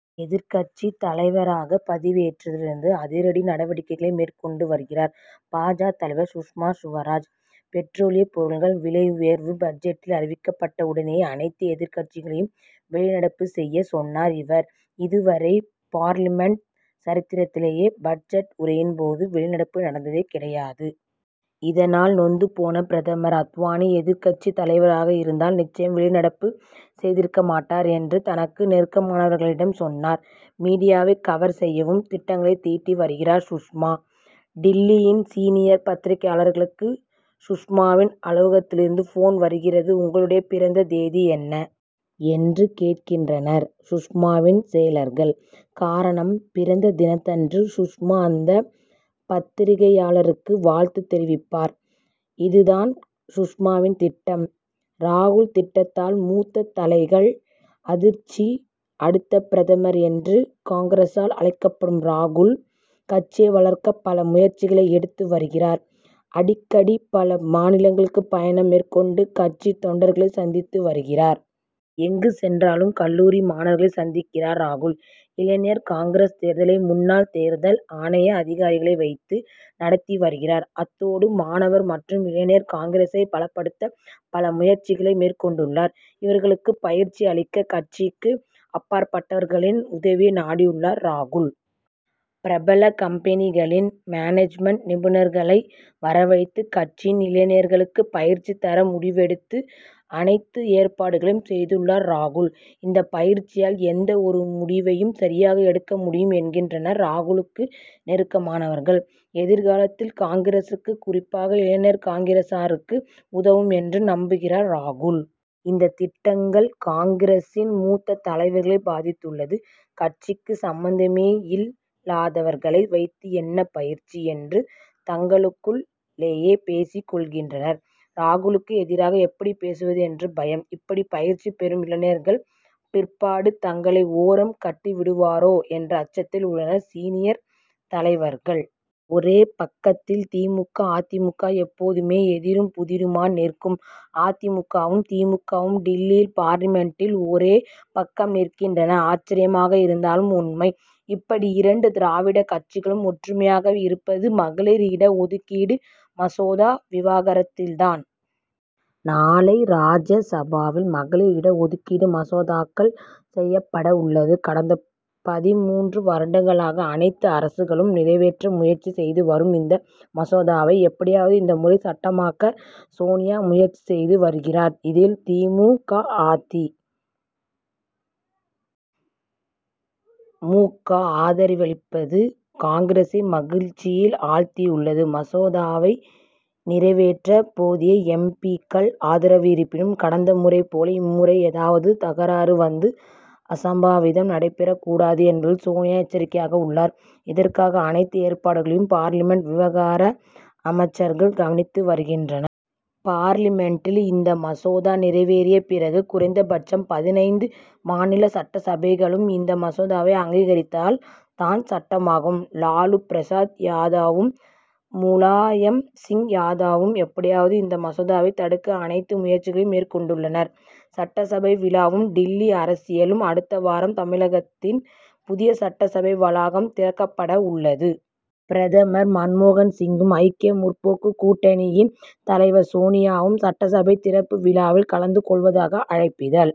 எதிர்க்கட்சித் தலைவராகப் பதவியேற்றதிலிருந்து அதிரடி நடவடிக்கைகளை மேற் கொண்டு வருகிறார். பா. ஜ., தலைவர் சுஷ்மா சுவராஜ். பெட்ரோலியப் பொருட்கள் விலை உயர்வு பட்ஜெட்டில் அறிவிக்கப்பட்ட உடனேயே அனைத்து எதிர்க்கட்சிகளையும் வெளிநடப்பு செய்ய சொன்னார் இவர். இதுவரை பார்லிமென்ட் சரித்திரத்திலேயே பட்ஜெட் உரையின் போது வெளிநடப்பு நடந்ததே கிடையாது. இதனால், நொந்து போன பிரதமர், அத்வானி எதிர்க்கட்சி தலைவராக இருந்தால் நிச்சயம் வெளிநடப்பு செய்திருக்கமாட்டார் என்று தனக்கு நெருக்கமானவர்களிடம் சொன்னார். மீடியாவை கவர் செய்யவும் திட்டங்களை தீட்டி வருகிறார் சுஷ்மா. டில்லியின் சீனியர் பத்திரிகையாளர்களுக்கு சுஷ்மாவின் அலுவலகத்திலிருந்து போன் வருகிறது. உங்களுடைய பிறந்த தேதி என்ன? என்று கேட்கின்றனர் சுஷ்மாவின் செயலர்கள். காரணம் பிறந்த தினத்தன்று சுஷ்மா அந்த பத்திரிகையாளருக்கு வாழ்த்து தெரிவிப்பார். இதுதான் சுஷ்மாவின் திட்டம். ராகுல் திட்டத்தால் மூத்த தலைகள் அதிர்ச்சி அடுத்த பிரதமர் என்று காங்கிரசால் அழைக்கப்படும் ராகுல், கட்சியை வளர்க்க பல முயற்சிகளை எடுத்து வருகிறார். அடிக்கடி பல மாநிலங்களுக்கு பயணம் மேற்கொண்டு கட்சித் தொண்டர்களை சந்தித்து வருகிறார். எங்கு சொன்றாலும் கல்லூரி மாணவர்களை சந்திக்கிறார் ராகுல். இளைஞர் காங்கிரஸ் தேர்தலை முன்னாள் தேர்தல் ஆணைய அதிகாரிகளை வைத்து நடத்தி வருகிறார். அத்தோடு மாணவர் மற்றும் இளைஞர் காங்கிரசை பலப்படுத்த பல முயற்சிகளை மேற்கொண்டுள்ளார். இவர்களுக்கு பயிற்சி அளிக்க கட்சிக்கு அப்பாற்பட்டவர்களின் உதவிய நாடியுள்ளார் ராகுல். பிரபல கம்பெனிகளின் மேனேஜ்மென்ட் நிபுணர்களை வரவழைத்து கட்சியின் இளைஞர்களுக்கு பயிற்சி தர முடிவெடுத்து அனைத்து ஏற்பாடுகளையும் செய்துள்ளார் ராகுல். இந்தப் பயிற்சியால் எந்த ஒரு முடிவையும் சரியாக எடுக்க முடியும் என்கின்றனர் ராகுலுக்கு நெருக்கமானவர்கள். எதிர்காலத்தில் காங்கிரசுக்கு, குறிப்பாக இளைஞர் காங்கிரசாருக்கு உதவும் என்று நம்புகிறார் ராகுல். இந்த திட்டங்கள் காங்கிரசின் மூத்த தலைவர்களை பாதித்துள்ளது. கட்சிக்கு சம்பந்தமே இல் லாதவர்களை வைத்து என்ன பயிற்சி? என்று தங்களுக்குள் ளேயே பேசிக் கொள்கின்றனர். ராகுலுக்கு எதிராக எப்படி பேசுவது என்று பயம். இப்படி பயிற்சி பெறும் இளைஞர்கள், பிற்பாடு தங்களை ஓரம் கட்டிவிடுவரோ என்ற அச்சத்தில் உள்ளனர் சீனியர் தலைவர்கள். ஒரே பக்கத்தில் தி. மு. க., அ. தி. மு. க., எப்போதுமே எதிரும் புதிருமா நிற்கும் அ. தி. மு. க.,வும், தி. மு. க., வும் டில்லி பார்லிமென்டில் ஒரே பக்கம் நிற்கின்றன. ஆச்சரியமாக இருந்தாலும் உண்மை. இப்படி இரண்டு திராவிடக் கட்சிகளும் ஒற்றுமையாக இருப்பது மகளிர் இட ஒதுக்கீடு மசோதா விவகாரத்தில் தான். நாளை ராஜ்யசபாவில் மகளிர் இடஒதுக்கீடு மசோதாக்கல் செய்யப்பட உள்ளது. கடந்த பதின்மூன்று வருடங்களாக அனைத்து அரசுகளும் நிறைவேற்ற முயற்சி செய்து வரும் இந்த மசோதாவை, எப்படியாவது இந்த முறை சட்டமாக்க சோனியா முயற்சி செய்து வருகிறார். இதில், தி. மு. க., அ. தி. மு. க., ஆதரவளிப்பது காங்கிரசி மகிழ்ச்சியில் ஆழ்த்தியுள்ளது. மசோதாவை நிறைவேற்ற போதிய எம். பி.,க்கள் ஆதரவு இருப்பினும், கடந்த முறை போல இம்முறை ஏதாவது தகராறு வந்து, அசம்பாவிதம் நடைபெறக் கூடாது என்பதில் சோனியா எச்சரிக்கையாக உள்ளார். இதற்காக, அனைத்து ஏற்பாடுகளையும் பார்லிமென்ட் விவகார அமைச்சர்கள் கவனித்து வருகின்றன. பார்லிமென்டில் இந்த மசோதா நிறைவேறிய பிறகு, குறைந்தபட்சம் பதினைந்து மாநில சட்டசபைகளும் இந்த மசோதாவை அங்கீகரித்தால் தான் சட்டமாகும். லாலு பிரசாத் யாதவும், முலாயம் சிங் யாதவும் எப்படியாவது இந்த மசோதாவை தடுக்க அனைத்து முயற்சிகளையும் மேற்கொண்டுள்ளனர். சட்டசபை விழாவும் டில்லி அரசியலும் அடுத்த வாரம் தமிழகத்தின் புதிய சட்டசபை வளாகம் திறக்கப்படவுள்ளது. பிரதமர் மன்மோகன் சிங்கும், ஐக்கிய முற்போக்கு கூட்டணியின் தலைவர் சோனியாவும் சட்டசபை திறப்பு விழாவில் கலந்து கொள்வதாக அழைப்பிதழ்